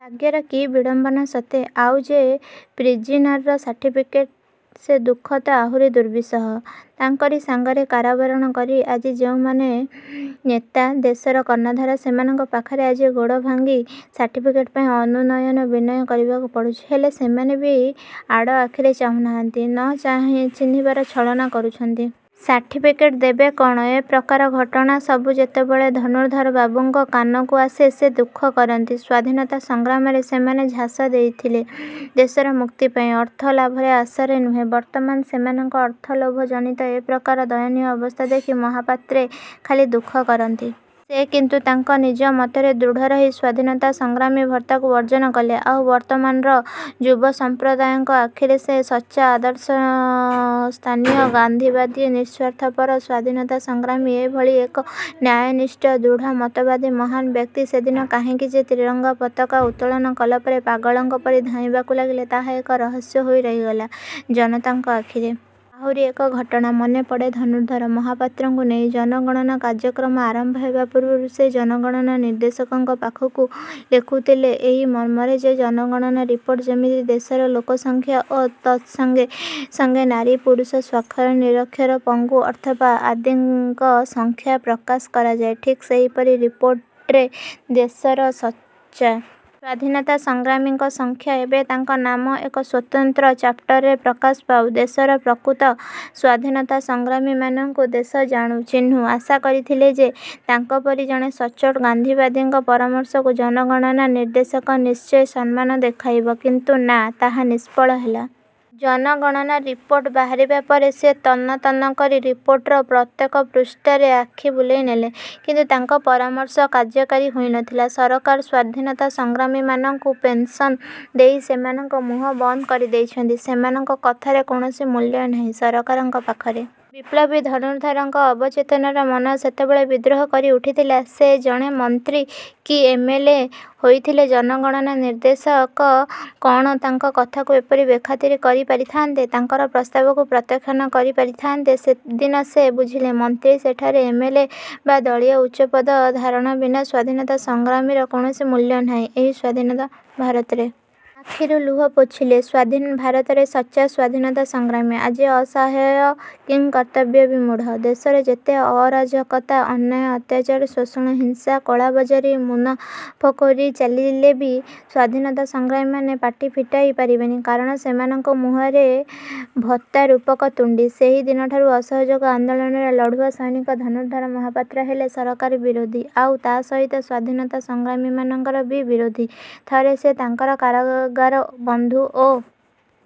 ଭାଗ୍ୟର କି ବିଡ଼ମ୍ବନା ସତେ! ଆଉ ଯେ ପ୍ରିଜିନର ସାର୍ଟିଫିକେଟ? ସେ ଦୁଃଖ ତ ଆହୁରି ଦୁର୍ବିସହ। ତାଙ୍କରି ସାଙ୍ଗରେ କାରାବରଣ କରି ଆଜି ଯେଉଁମାନେ ନେତା, ଦେଶର କର୍ଣ୍ଣଧାର ସେମାନଙ୍କ ପାଖରେ ଆଜି ଗୋଡ଼ ଭାଙ୍ଗି ସାର୍ଟିଫିକେଟ ପାଇଁ ଅନୁନୟ ବିନୟ କରିବାକୁ ପଡ଼ୁଛି ହେଲେ ସେମାନେ ବି ଆଡ଼ଆଖିରେ ଚାହୁଁନାହାନ୍ତି-ନ ଚିହ୍ନିବାର ଛଳନା କରୁଛନ୍ତି। ସାର୍ଟିଫିକେଟ୍ ଦେବେ କ'ଣ? ଏ ପ୍ରକାର ଘଟଣା ସବୁ ଯେତେବେଳେ ଧନୁର୍ଦ୍ଧରବାବୁଙ୍କ କାନକୁ ଆସେ ସେ ଦୁଃଖ କରନ୍ତି। ସ୍ୱାଧୀନତା ସଂଗ୍ରାମରେ ସେମାନେ ଝାସ ଦେଇଥିଲେ ଦେଶର ମୁକ୍ତି ପାଇଁ, ଅର୍ଥ ଲାଭର ଆଶାରେ ନୁହେଁ। ବର୍ତ୍ତମାନ ସେମାନଙ୍କର ଅର୍ଥଲୋଭଜନିତ ଏ ପ୍ରକାର ଦୟନୀୟ ଅବସ୍ଥା ଦେଖି ମହାପାତ୍ରେ ଖାଲି ଦୁଃଖ କରନ୍ତି। ସେ କିନ୍ତୁ ତାଙ୍କ ନିଜ ମତରେ ଦୃଢ଼ ରହି ସ୍ୱାଧୀନତା ସଂଗ୍ରାମୀ ଭତ୍ତାକୁ ବର୍ଜନ କଲେ, ଆଉ ବର୍ତ୍ତମାନର ଯୁବସଂପ୍ରଦାୟଙ୍କ ଆଖିରେ ସେ ସଚ୍ଚା ଆଦର୍ଶସ୍ଥାନୀୟ ଗାନ୍ଧୀବାଦୀ ନିଃସ୍ୱାର୍ଥପର ସ୍ୱାଧୀନତା ସଂଗ୍ରାମୀ। ଏ ଭଳି ଏକ ନ୍ୟାୟନିଷ୍ଠ, ଦୃଢ଼ ମତବାଦୀ ମହାନ ବ୍ୟକ୍ତି ସେଦିନ କାହିଁକି ଯେ ତ୍ରିରଙ୍ଗ ପତାକା ଉତ୍ତୋଳନ କଲାପରେ ପାଗଳଙ୍କ ପରି ଧାଇଁବାକୁ ଲାଗିଲେ ତାହା ଏକ ରହସ୍ୟ ହୋଇ ରହିଗଲା ଜନତାଙ୍କ ଆଖିରେ। ଆହୁରି ଏକ ଘଟଣା ମନେପଡ଼େ ଧନୁର୍ଦ୍ଧର ମହାପାତ୍ରଙ୍କୁ ନେଇ। ଜନଗଣନା କାର୍ଯ୍ୟକ୍ରମ ଆରମ୍ଭ ହେବାପୂର୍ବରୁ ସେ ଜନଗଣନା ନିର୍ଦ୍ଦେଶକଙ୍କ ପାଖକୁ ଲେଖିଥିଲେ ଏଇ ମର୍ମରେ ଯେ, ଜନଗଣନା ରିପୋର୍ଟରେ ଯେମିତି ଦେଶର ଲୋକସଂଖ୍ୟା ଓ ତତ୍ସଙ୍ଗେ ସଙ୍ଗେ ନାରୀ ପୁରୁଷ, ସ୍ଵାକ୍ଷର, ନିରକ୍ଷର, ପଙ୍ଗୁ ଅଥର୍ବ ଆଦିଙ୍କ ସଂଖ୍ୟା ପ୍ରକାଶ କରାଯାଏ ଠିକ୍ ସେଇପରି ରିପୋର୍ଟରେ ଦେଶର ସଚ୍ଚା। ସ୍ୱାଧୀନତା ସଂଗ୍ରାମୀଙ୍କ ସଂଖ୍ୟା ଏବଂ ତାଙ୍କ ନାମ ଏକ ସ୍ୱତନ୍ତ୍ର ଚାପ୍ଟରରେ ପ୍ରକାଶ ପାଉ। ଦେଶର ପ୍ରକୃତ ସ୍ଵାଧୀନତା ସଂଗ୍ରାମୀମାନଙ୍କୁ ଦେଶ ଜାଣୁ, ଚିହ୍ନୁ। ଆଶା କରିଥିଲେ ଯେ, ତାଙ୍କପରି ଜଣେ ସଚ୍ଚୋଟ ଗାନ୍ଧୀବାଦୀଙ୍କ ପରାମର୍ଶକୁ ଜନଗଣନା ନିର୍ଦ୍ଦେଶକ ନିଶ୍ଚୟ ସମ୍ମାନ ଦେଖାଇବେ; କିନ୍ତୁ ନା, ତାହା ନିଷ୍ଫଳ ହେଲା। ଜନଗଣନା ରିପୋର୍ଟ ବାହାରିବା ପରେ ସେ ତନ୍ନ ତନ୍ନ କରି ରିପୋର୍ଟର ପ୍ରତ୍ୟେକ ପୃଷ୍ଠାରେ ଆଖି ବୁଲେଇ ନେଲେ; କିନ୍ତୁ ତାଙ୍କ ପରାମର୍ଶ କାର୍ଯ୍ୟକାରୀ ହୋଇ ନ ଥିଲା। ସରକାର ସ୍ୱାଧୀନତା ସଂଗ୍ରାମୀମାନଙ୍କୁ ପେନ୍ସନ ଦେଇ ସେମାନଙ୍କ ମୁହଁ ବନ୍ଦ କରି ଦେଇଛନ୍ତି, ସେମାନଙ୍କ କଥାର କୌଣସି ମୂଲ୍ୟ ନାହିଁ ସରକାରଙ୍କ ପାଖରେ। ବିପ୍ଳବୀ ଧନୁର୍ଦ୍ଧରଙ୍କ ଅବଚେତନ ମନ ସେତେବେଳେ ବିଦ୍ରୋହ କରି ଉଠିଥିଲା। ସେ ଜଣେ ମନ୍ତ୍ରୀ କି ଏମ୍. ଏଲ. ଏ ହୋଇଥିଲେ ଜନଗଣନା ନିର୍ଦ୍ଦେଶକ କ'ଣ ତାଙ୍କ କଥାକୁ ଏପରି ବେଖାତିର କରି ପାରିଥାନ୍ତେ? ତାଙ୍କର ପ୍ରସ୍ତାବକୁ ପ୍ରତ୍ୟାଖ୍ୟାନ କରି ପାରିଥାନ୍ତେ? ସେଦିନ ସେ ବୁଝିଲେ ମନ୍ତ୍ରୀ, ସେଠାରେ ଏମ: ଏଲ: ଏ: ବା ଦଳୀୟ ଉଚ୍ଚପଦ ଧାରଣ ବିନା ସ୍ୱାଧୀନତା ସଂଗ୍ରାମୀର କୌଣସି ମୂଲ୍ୟ ନାହିଁ ଏହି ସ୍ଵାଧୀନ ଭାରତରେ। ଆଖିରୁ ଲୁହ ପୋଛିଲେ। ସ୍ଵାଧୀନ ଭାରତରେ ସଚ୍ଚା ସ୍ଵାଧୀନତା ସଂଗ୍ରାମୀ ଆଜି ଅସହାୟ, କିଂକର୍ତ୍ତବ୍ୟବିମୂଢ଼। ଦେଶରେ ଯେତେ ଅରାଜକତା, ଅନ୍ୟାୟ, ଅତ୍ୟାଚାର, ଶୋଷଣ, ହିଂସା, କଳାବଜାରୀ, ମୁନାଫାଖୋରୀ ଚାଲିଲେ ବି ସ୍ଵାଧୀନତା ସଂଗ୍ରାମୀମାନେ ପାଟି ଫିଟାଇ ପାରିବେନି; କାରଣ ସେମାନଙ୍କ ମୁହଁରେ ଭତ୍ତାରୂପକ ତୁଣ୍ଡି। ସେଇଦିନଠାରୁ ଅସହଯୋଗ ଆନ୍ଦୋଳନର ଲଢ଼ୁଆ ସୈନିକ ଧନୁର୍ଦ୍ଧର ମହାପାତ୍ର ହେଲେ ସରକାର ବିରୋଧୀ ଆଉ ତା' ସହିତ ସ୍ୱାଧୀନତା ସଂଗ୍ରାମୀମାନଙ୍କର ବି ବିରୋଧୀ। ଥରେ ସେ ତାଙ୍କର କାରାଗାର ବନ୍ଧୁ ଓ